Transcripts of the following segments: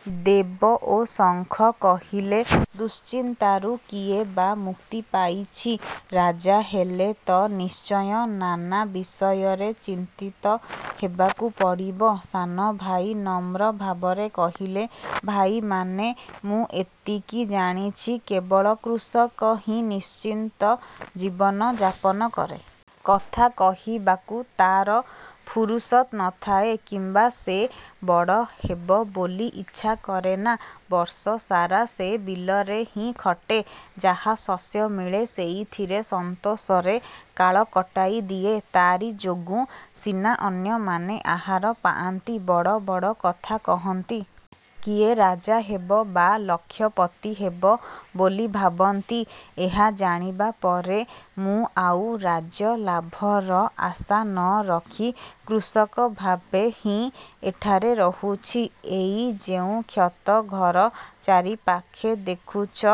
'' ଦେବ ଓ ଶଙ୍ଖ କହିଲେ- ''ଦୁଶ୍ଚିନ୍ତାରୁ କିଏ ବା ମୁକ୍ତି ପାଇଛି? ରାଜା ହେଲେ ତ ନିଶ୍ଚୟ ନାନା ବିଷୟରେ ଚିନ୍ତିତ ହେବାକୁ ପଡ଼ିବ। '' ସାନ ଭାଇ ନମ୍ର ଭାବରେ କହିଲେ- ''ଭାଇମାନେ! ମୁଁ ଏତିକି ଜାଣିଛି, କେବଳ କୃଷକହିଁ ନିଶ୍ଚିନ୍ତ ଜୀବନ ଯାପନକରେ। କଥା କହିବାକୁ ତା'ର ଫୁରୁସତ୍ ନଥାଏ କିମ୍ବା ସେ ବଡ଼ ହେବ ବୋଲି ଇଚ୍ଛା କରେନା। ବର୍ଷସାରା ସେ ବିଲରେ ହିଁ ଖଟେ-ଯାହା ଶସ୍ୟ ମିଳେ ସେଇଥିରେ ସନ୍ତୋଷରେ କାଳ କଟାଇ ଦିଏ। ତା'ରି ଯୋଗୁଁ ସିନା ଅନ୍ୟମାନେ ଆହାର ପାଆନ୍ତି, ବଡ଼ ବଡ଼ କଥା କହନ୍ତି। କିଏ ରାଜା ହେବ ବା ଲକ୍ଷପତି ହେବ ବୋଲି ଭାବନ୍ତି, ଏହା ଜାଣିବା ପରେ ମୁଁ ଆଉ ରାଜ୍ୟଲାଭର ଆଶା ନରଖି କୃଷକ ଭାବେହିଁ ଏଠାରେ ରହୁଛି। ଏଇ ଯେଉଁ କ୍ଷେତ ଘର ଚାରିପାଖେ ଦେଖୁଛ,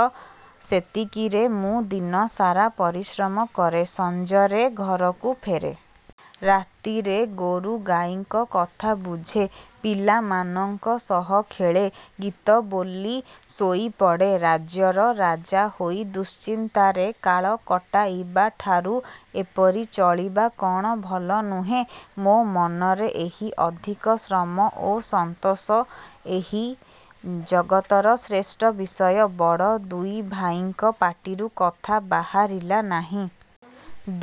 ସେତିକିରେ ମୁଁ ଦିନସାରା ପରିଶ୍ରମ କରେ। ସଞ୍ଜରେ ଘରକୁ ଫେରେ। ରାତିରେ ଗୋରୁଗାଈଙ୍କ କଥା ବୁଝେ। ପିଲାମାନଙ୍କ ସହ ଖେଳେ। ଗୀତ ବୋଲି ଶୋଇପଡ଼େ। ରାଜ୍ୟର ରାଜା ହୋଇ ଦୁଶ୍ଚିନ୍ତାରେ କାଳ କଟାଇବାଠାରୁ ଏପରି ଚଳିବା କ'ଣ ଭଲ ନୁହେଁ? ମୋ ମନରେ ଏହି ଅଧିକ ଶ୍ରମ ଓ ସନ୍ତୋଷ ହିଁ ଜଗତର ଶ୍ରେଷ୍ଠ ବିଷୟ। '' ବଡ଼ ଦୁଇ ଭାଇଙ୍କ ପାଟିରୁ କଥା ବହାରିଲା ନାହିଁ।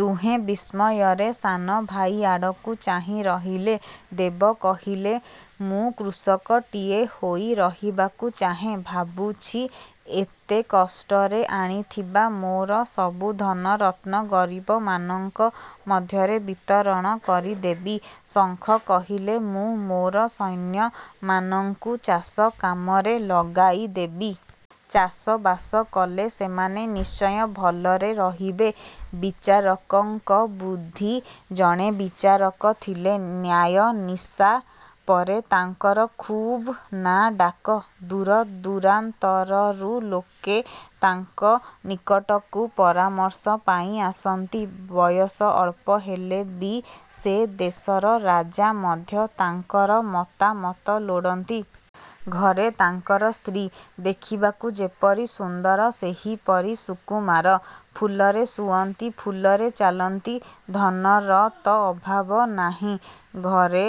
ଦୁହେଁ ବିସ୍ମୟରେ ସାନ ଭାଇ ଆଡ଼କୁ ଚାହିଁ ରହିଲେ। ଦେବ କହିଲେ-''ମୁଁ କୃଷକଟିଏ ହୋଇ ରହିବାକୁ ଚାହେଁ। ଭାବୁଛି ଏତେ କଷ୍ଟରେ ଆଣିଥିବା ମୋର ସବୁ ଧନ ରତ୍ନ ଗରିବମାନଙ୍କ ମଧ୍ୟରେ ବିତରଣ କରିଦେବି। ଶଙ୍ଖ କହିଲେ- ''ମୁଁ ମୋର ସୈନ୍ୟମାନଙ୍କୁ ଚାଷ କାମରେ ଲଗାଇଦେବି। ଚାଷ ବାସ କଲେ ସେମାନେ ନିଶ୍ଚୟ ଭଲରେ ରହିବେ। '' ବିଚାରକଙ୍କ ବୁଦ୍ଧି ଜଣେ ବିଚାରକ ଥିଲେ। ନ୍ୟାୟ ନିଶାପରେ ତାଙ୍କର ଖୁବ୍ ନାଁ ଡାକ। ଦୂରଦୂରାନ୍ତରରୁ ଲୋକେ ତାଙ୍କ ନିକଟକୁ ପରାମର୍ଶ ପାଇଁ ଆସନ୍ତି। ବୟସ ଅଳ୍ପ ହେଲେ ବି ସେ ଦେଶର ରାଜା ମଧ୍ୟ ତାଙ୍କର ମତାମତ ଲୋଡ଼ନ୍ତି। ଘରେ ତାଙ୍କର ସ୍ତ୍ରୀ। ଦେଖିବାକୁ ଯେପରି ସୁନ୍ଦର ସେହିପରି ସୁକୁମାର। ଫୁଲରେ ଶୁଅନ୍ତି, ଫୁଲରେ ଚାଲନ୍ତି। ଧନର ତ ଅଭାବ ନାହିଁ। ଘରେ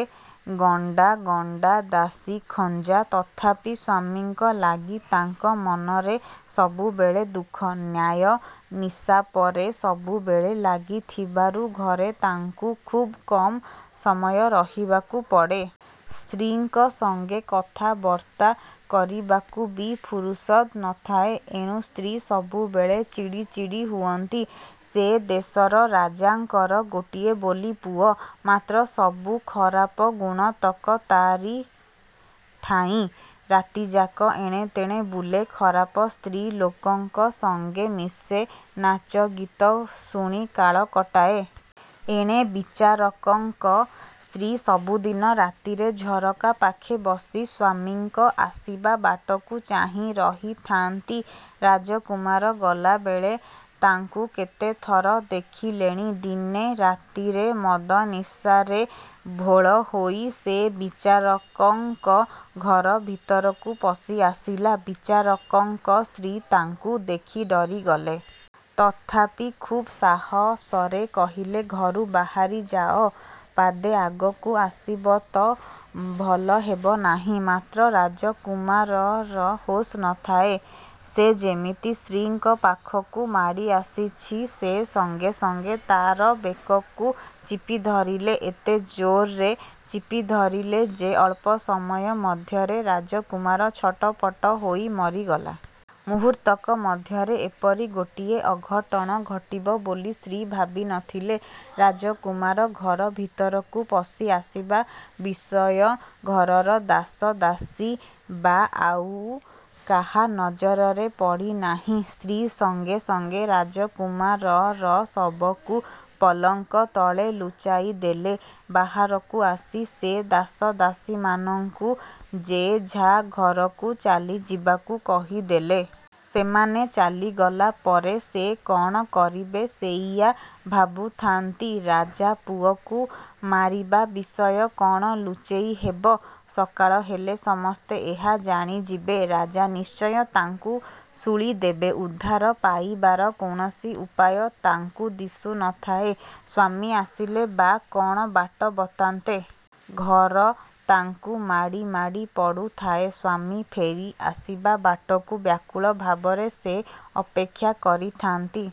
ଗଣ୍ଡା ଗଣ୍ଡା ଦାସୀ ଖଞ୍ଜା। ତଥାପି ସ୍ୱାମୀଙ୍କ ଲାଗି ତାଙ୍କ ମନରେ ସବୁବେଳେ ଦୁଃଖ। ନ୍ୟାୟ ନିଶାପରେ ସବୁବେଳେ ଲାଗିଥିବାରୁ ଘରେ ତାଙ୍କୁ ଖୁବ୍ କମ୍ ସମୟ ରହିବାକୁ ପଡ଼େ। ସ୍ତ୍ରୀଙ୍କ ସଙ୍ଗେ କଥାବର୍ତ୍ତା କରିବାକୁ ବି ଫୁରୁସତ୍ ନଥାଏ। ଏଣୁ ସ୍ତ୍ରୀ ସବୁବେଳେ ଚିଡ଼ି ଚିଡ଼ି ହୁଅନ୍ତି। ସେ ଦେଶର ରାଜାଙ୍କର ଗୋଟିଏ ବୋଲି ପୁଅ;। ମାତ୍ର ସବୁ ଖରାପ ଗୁଣତକ ତାରିଠାଇଁ। ରାତିଯାକ ଏଣେ ତେଣେ ବୁଲେ। ଖରାପ ସ୍ତ୍ରୀ ଲୋକଙ୍କ ସଙ୍ଗେ ମିଶେ; ନାଚ ଗୀତ ଶୁଣି କାଳ କଟାଏ। ଏଣେ ବିଚାରକଙ୍କ ସ୍ତ୍ରୀ ସବୁଦିନ ରାତିରେ ଝରକା ପାଖେ ବସି ସ୍ୱାମୀଙ୍କ ଆସିବା ବାଟକୁ ଚାହିଁ ରହିଥାନ୍ତି। ରାଜକୁମାର ଗଲାବେଳେ ତାଙ୍କୁ କେତେଥର ଦେଖିଲେଣି। ଦିନେ ରାତିରେ ମଦନିଶାରେ ଭୋଳ ହୋଇ ସେ ବିଚାରକଙ୍କ ଘର ଭିତରକୁ ପଶିଆସିଲା। ବିଚାରକଙ୍କ ସ୍ତ୍ରୀ ତାଙ୍କୁ ଦେଖି ଡରିଗଲେ। ତଥାପି ଖୁବ୍ ସାହସରେ କହିଲେ- ''ଘରୁ ବାହାରି ଯାଅ, ପାଦେ ଆଗକୁ ଆସିବତ ଭଲ ହେବନାହିଁ। ' ମାତ୍ର ରାଜକୁମାରର ହୋସ୍ ନଥାଏ, ସେ ଯେମିତି ସ୍ତ୍ରୀଙ୍କ ପାଖକୁ ମାଡ଼ି ଆସିଛି, ସେ ସଙ୍ଗେ ସଙ୍ଗେ ତା'ର ବେକକୁ ଚିପି ଧରିଲେ। ଏତେ ଜୋର୍ରେ ଚିପିଧରିଲେ ଯେ, ଅଳ୍ପ ସମୟ ମଧ୍ୟରେ ରାଜକୁମାର ଛଟପଟ ହୋଇ ମରିଗଲା। ମୁହୂର୍ତ୍ତକ ମଧ୍ୟରେ ଏପରି ଗୋଟିଏ ଅଘଟଣ ଘଟିବ ବୋଲି ସ୍ତ୍ରୀ ଭାବି ନଥିଲେ। ରାଜକୁମାର ଘର ଭିତରକୁ ପଶିଆସିବା ବିଷୟ ଘରର ଦାସ ଦାସୀ ବା ଆଉ କାହା ନଜରରେ ପଡ଼ିନାହିଁ। ସ୍ତ୍ରୀ ସଙ୍ଗେ ସଙ୍ଗେ ରାଜକୁମାରର ଶବକୁ ପଲଙ୍କ ତଳେ ଲୁଚାଇଦେଲେ। ବାହାରକୁ ଆସି ସେ ଦାସଦାସୀମାନଙ୍କୁ ଯେଝା ଘରକୁ ଚାଲିଯିବାକୁ କହିଦେଲେ। ସେମାନେ ଚାଲିଗଲା ପରେ ସେ କ'ଣ କରିବେ ସେଇଆ ଭାବୁଥାନ୍ତି। ରାଜାପୁଅକୁ ମାରିବା ବିଷୟ କ'ଣ ଲୁଚେଇ ହେବ? ସକାଳ ହେଲେ ସମସ୍ତେ ଏହା ଜାଣିଯିବେ। ରାଜା ନିଶ୍ଚୟ ତାଙ୍କୁ ଶୂଳିଦେବେ। ଉଦ୍ଧାର ପାଇବାର କୌଣସି ଉପାୟ ତାଙ୍କୁ ଦିଶୁନଥାଏ। ସ୍ୱାମୀ ଆସିଲେ ବା କ'ଣ ବାଟ ବତାନ୍ତେ। ଘର ତାଙ୍କୁ ମାଡ଼ି ମାଡ଼ି ପଡ଼ୁଥାଏ। ସ୍ୱାମୀ ଫେରିଆସିବା ବାଟକୁ ବ୍ୟାକୁଳ ଭାବରେ ସେ ଅପେକ୍ଷା କରିଥାନ୍ତି।